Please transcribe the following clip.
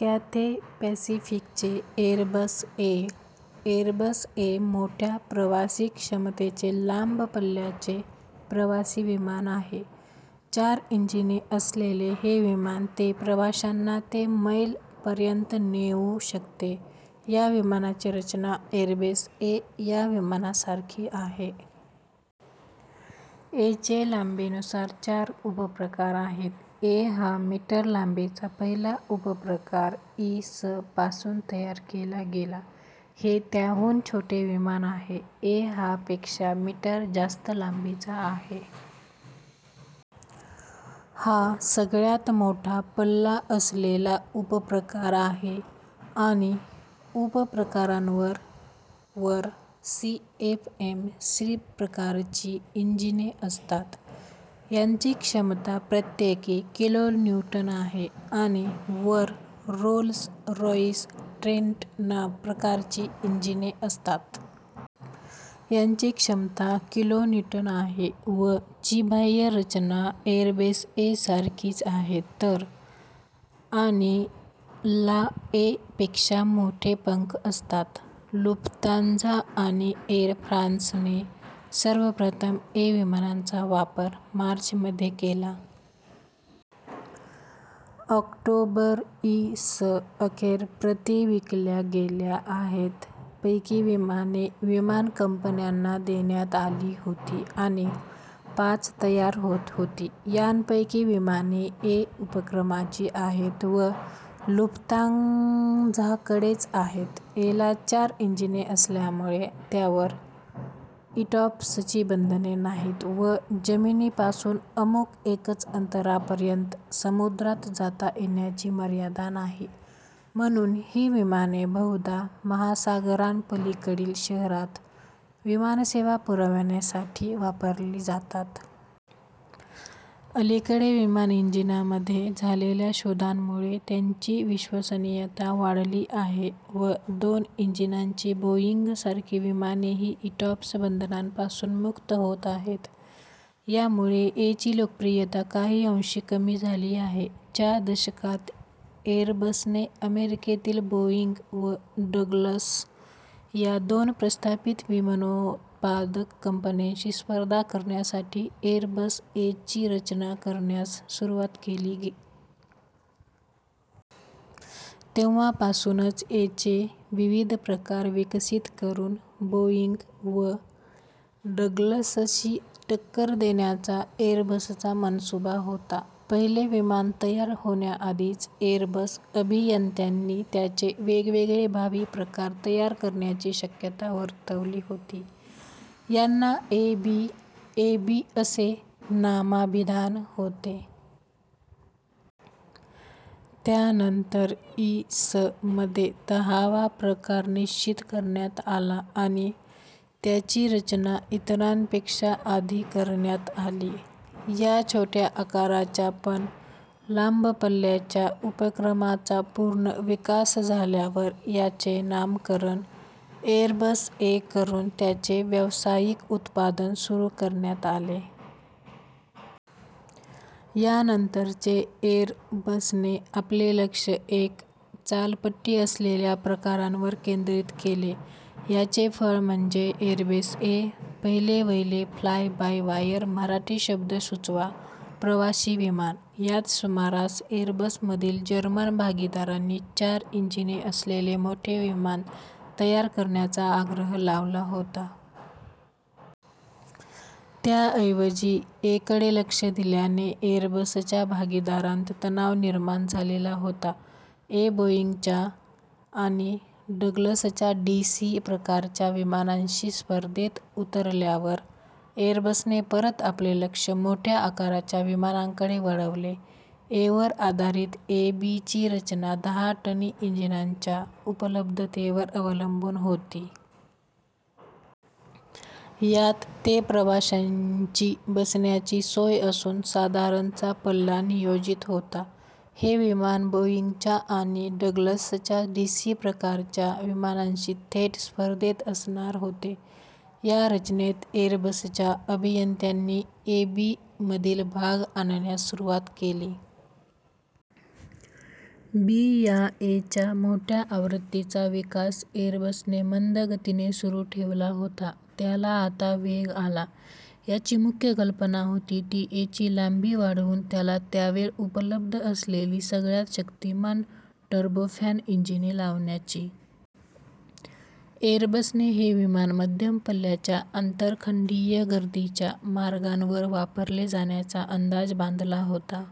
Cathay पॅसिफिकचे Airbus A- - Airbus A मोठ्या प्रवासीक्षमतेचे लांब पल्ल्याचे प्रवासी विमान आहे. चार इंजिने असलेले हे विमान ते प्रवाशांना ते मैल पर्यंत नेऊ शकते. या विमानाची रचना एरबस ए- या विमानासारखी आहे. ए चे लांबीनुसार चार उपप्रकार आहेत. ए - हा मीटर लांबीचा पहिला उपप्रकार इ. स. पासून तयार केला गेला. - हे त्याहून छोटे विमान आहे. ए - हा - पेक्षा मीटर जास्त लांबीचा आहे. - हा सगळ्यात मोठा पल्ला असलेला उपप्रकार आहे. - आणि - उपप्रकारांवर वर सीएफएम - सी प्रकारची इंजिने असतात. यांची क्षमता प्रत्येकी किलोन्यूटन आहे. - आणि - वर रोल्स-रॉइस ट्रेंट प्रकारची इंजिने असतात. यांची क्षमता किलोन्यूटन आहे. - व - ची बाह्य रचना एरबस ए- सारखीच आहे तर - आणि - ला ए पेक्षा मोठे पंख असतात. लुफ्तांझा आणि एर फ्रान्सने सर्वप्रथम ए विमानांचा वापर मार्च मध्ये केला. ऑक्टोबर, इ. स. अखेर प्रती विकल्या गेल्या आहेत. पैकी विमाने विमानकंपन्यांना देण्यात आली होती आणि पाच तयार होत होती. यांपैकी विमाने ए - उपप्रकाराची आहेत व लुफ्तांझाकडेच आहेत. ए ला चार इंजिने असल्यामुळे त्यावर इटॉप्सची बंधने नाहीत व जमिनीपासून अमुक एकच अंतरापर्यंत समुद्रात जाता येण्याची मर्यादा नाही, म्हणून ही विमाने बहुधा महासागरांपलीकडील शहरांत विमानसेवा पुरवण्यासाठी वापरली जातात. अलीकडे विमानइंजिनामध्ये झालेल्या शोधांमुळे त्यांची विश्वसनीयता वाढली आहे व दोन इंजिनांची बोईंग सारखी विमानेही इटॉप्स बंधनांपासून मुक्त होत आहेत. यामुळे ए ची लोकप्रियता काही अंशी कमी झाली आहे. च्या दशकात एरबसने अमेरिकेतील बोईंग व डग्लस या दोन प्रस्थापित विमानोत्पादक कंपन्यांशी स्पर्धा करण्यासाठी एर बस ए- ची रचना करण्यास सुरुवात केली. तेव्हापासूनच ए चे विविध प्रकार विकसित करून बोइंग व डग्लसशी टक्कर देण्याचा एरबसचा मनसूबा होता. पहिले विमान तयार होण्याआधीच एरबस अभियंत्यांनी त्याचे वेगवेगळे भावी प्रकार तयार करण्याची शक्यता वर्तवली होती. यांना ए बी -ए बी असे नामाभिधान होते. त्यानंतर इ. स. मध्ये दहावा प्रकार निश्चित करण्यात आला आणि त्याची रचना इतरांपेक्षा आधी करण्यात आली. या छोट्या आकाराच्या पण लांब पल्ल्याच्या उपप्रकाराचा पूर्ण विकास झाल्यावर याचे नामकरण एरबस ए करून त्याचे व्यावसायिक उत्पादन सुरू करण्यात आले. यानंतरचे एरबसने आपले लक्ष एक चालपट्टी असलेल्या प्रकारांवर केंद्रित केले. याचे फळ म्हणजे, एरबस ए, पहिलेवहिले फ्लाय-बाय-वायर मराठी शब्द सुचवा प्रवासी विमान. याच सुमारास एरबसमधील जर्मन भागीदारांनी चार इंजिने असलेले मोठे विमान तयार करण्याचा आग्रह लावला होता. त्याऐवजी ए कडे लक्ष दिल्याने एरबसच्या भागीदारांत तणाव निर्माण झालेला होता. ए बोइंगच्या आणि डग्लसच्या डीसी- प्रकारच्या विमानांशी स्पर्धेत उतरल्यावर एरबसने परत आपले लक्ष मोठ्या आकाराच्या विमानांकडे वळवले. ए वर आधारित ए बी ची रचना दहा टनी इंजिनांच्या उपलब्धतेवर अवलंबून होती. यात ते प्रवाशांची बसण्याची सोय असून साधारण चा पल्ला नियोजित होता. हे विमान बोईंगच्या आणि डग्लसच्या डीसी- प्रकारच्या विमानांशी थेट स्पर्धेत असणार होते. या रचनेत एरबसच्या अभियंत्यांनी ए बी मधील भाग आणण्यास सुरुवात केली. बी या ए च्या मोठ्या आवृत्तीचा विकास एरबसने मंदगतीने सुरू ठेवला होता त्याला आता वेग आला. याची मुख्य कल्पना होती ती ए ची लांबी वाढवून त्याला त्यावेळ उपलब्ध असलेली सगळ्यात शक्तिमान टर्बोफॅन इंजिने लावण्याची. एरबसने हे विमान मध्यम पल्ल्याच्या आंतरखंडीय गर्दीच्या मार्गांवर वापरले जाण्याचा अंदाज बांधला होता.